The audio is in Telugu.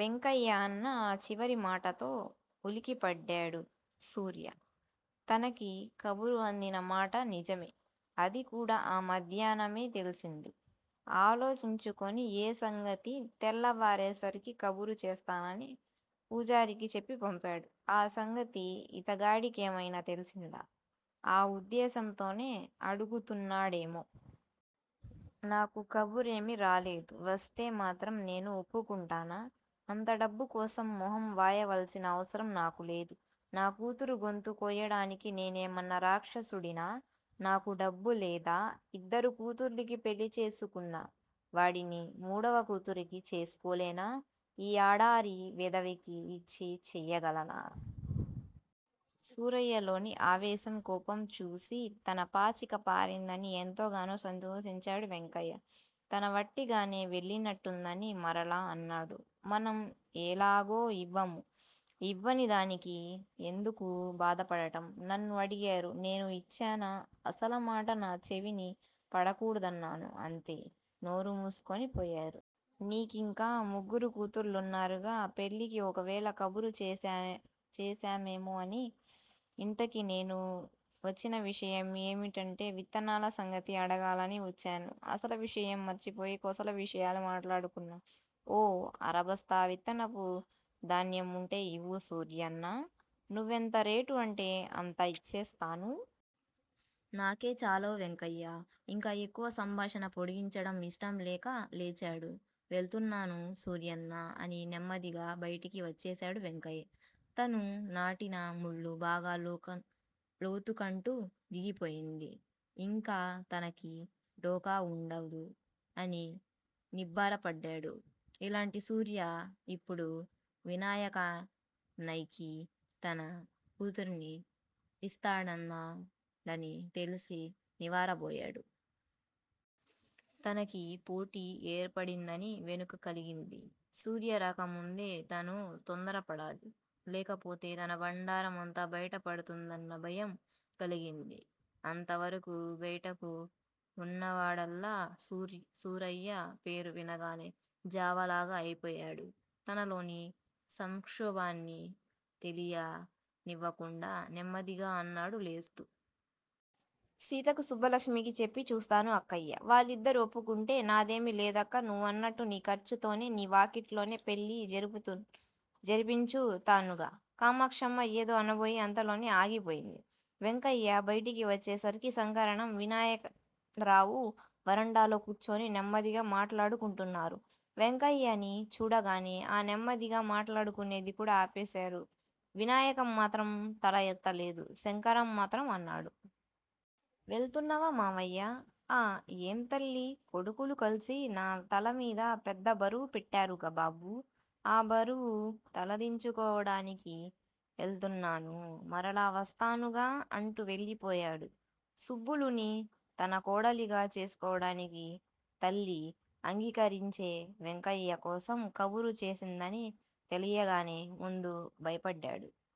వెంకయ్య అన్న ఆ చివరి మాటతో ఉలికి పడ్డాడు సూర్య. తనకీ కబురు అందిన మాట నిజమే! అది కూడా ఆ మధ్యాహ్నమే తెలిసింది. ఆలోచించుకుని ఏ సంగతీ తెల్లవారేసరికి కబురు చేస్తానని పూజారికి చెప్పి పంపాడు. ఆ సంగతి ఇతగాడికేమయినా తెలిసిందా? ఆ ఉద్దేశ్యంతోనే అడుగుతున్నాడేమో? నాకు కబురేమి రాలేదు! వస్తే మాత్రం నేను ఒప్పుకుంటానా? అంత డబ్బు కోసం మొహం వాయవలసిన అవసరం నాకు లేదు. నా కూతురు గొంతు కోయటానికి నేనేమన్నా రాక్షసుడినా? నాకు డబ్బు లేదా? ఇద్దరు కూతుళ్ళకి పెళ్ళి చేసుకున్న వాడిని మూడవ కూతురికి చేసుకోలేనా? ఈ ఆడారి వెధవకి యిచ్చి చేయగలనా? సూరయ్యలోని ఆవేశం, కోపం చూసి తన పాచిక పారిందని ఎంతగానో సంతోషించాడు వెంకయ్య. తనువట్టిగానే వెళ్ళినట్టుంటుందని మరలా అన్నాడు. మనం ఎలాగూ ఇవ్వము. యివ్వని దానికి ఎందుకు బాధ పడటం? నన్నూ అడిగారు నేను యిచ్చానా? అసలా మాట నా చెవిన పడకూడదన్నాను. అంతే! నోరుమూసుకునిపోయారు. నీకింకా ముగ్గురు కూతుళ్ళున్నారుగా పెళ్ళికి ఒకవేళ కబురు చేశారేమోనని! యింతకీ నేను వచ్చినవిషయం ఏమిటంటే విత్తనాల సంగతి అడగాలని వచ్చాను. అసలు విషయం మరిచిపోయి కొసలు విషయాలు మాట్లాడుకున్నాం. ఓ అరబస్తా విత్తనపు ధాన్యం వుంటే ఇవ్వు సూరయ్యన్నా! నువ్వెంత రేటు అంటే అంతా యిచ్చేస్తాను! నాకే చాలవు వెంకయ్యా! ఇంకా ఎక్కువగా సంభాషణ పొడిగించటం యిష్టం లేక లేచాడు. వెళుతున్నాను సూరయ్యన్నా! అని నెమ్మదిగా బైటికి వచ్చేశాడు వెంకయ్య. తను నాటిన ముళ్ళు బాగా లోతుకంటూ దిగిపోయింది. యింకతనకి డోకా వుండదు. అని నిబ్బరపడ్డాడు. అలాంటి సూర్య యిప్పుడు వినాయకనైకి తన కూతురిని ఇస్తానన్నాడని తెలిసి నివ్వెరబోయాడు. తనకి పోటీ ఏర్పడిందని వణుకు కలిగింది. సూర్య రాకముందే తను తొందర పడాలి! లేకపోతే తన బండారమంతా బైట పడిపోతుందన్న భయం కలిగింది అంత వరకూ బెట్టుగా వున్నవాడల్లా సూరయ్య పేరు వినగానే జావలాగా అయిపోయాడు. తనలోని సంక్షోభాన్ని తెలియ నివ్వకుండా నెమ్మదిగా అన్నాడు లేస్తూ. సీతకి సుబ్బలక్ష్మీకి చెప్పి చూస్తాను అక్కయ్యా! వాళ్ళిద్దరూ వప్పుకుంటే నాదేమీ లేదక్కా! నువ్వన్నట్టు నీ ఖర్చుతోనే నీ వాకిటిలోనే పెళ్ళి జరిపించుతానుగా. కామాక్షమ్మ ఏదో అనబోయి అంతలోనే ఆగిపోయింది. వెంకయ్య బైటికి వచ్చేసరికి సంకరం వినాయకరావు వరండాలో కూర్చుని నెమ్మదిగా మాట్లాడుకుంటున్నారు వెంకయ్యని చూడగానే ఆ నెమ్మదిగా మాట్లాడుకునేది కూడా ఆపేశారు వినాయకం మాత్రం తల ఎత్తలేదు శంకరం మాత్రం అన్నాడు. వెళుతున్నావా మామయ్యా? ఆఁ మీ తల్లీ కొడుకులూ కలిసి నా తలమీద పెద్ద బరువు పెట్టారుగా బాబూ! ఆ బరువు దించుకోవటానికి వెళుతున్నాను. మరలా వస్తానుగా! అంటూ వెళ్ళిపోయాడు. సుబ్బులుని తన కోడలిగా చేసుకోవటానికి తల్లి అంగీకరించే వెంకయ్య కోసం కబురు చేసిందని తెలియగానే ముందు భయపడ్డాడు.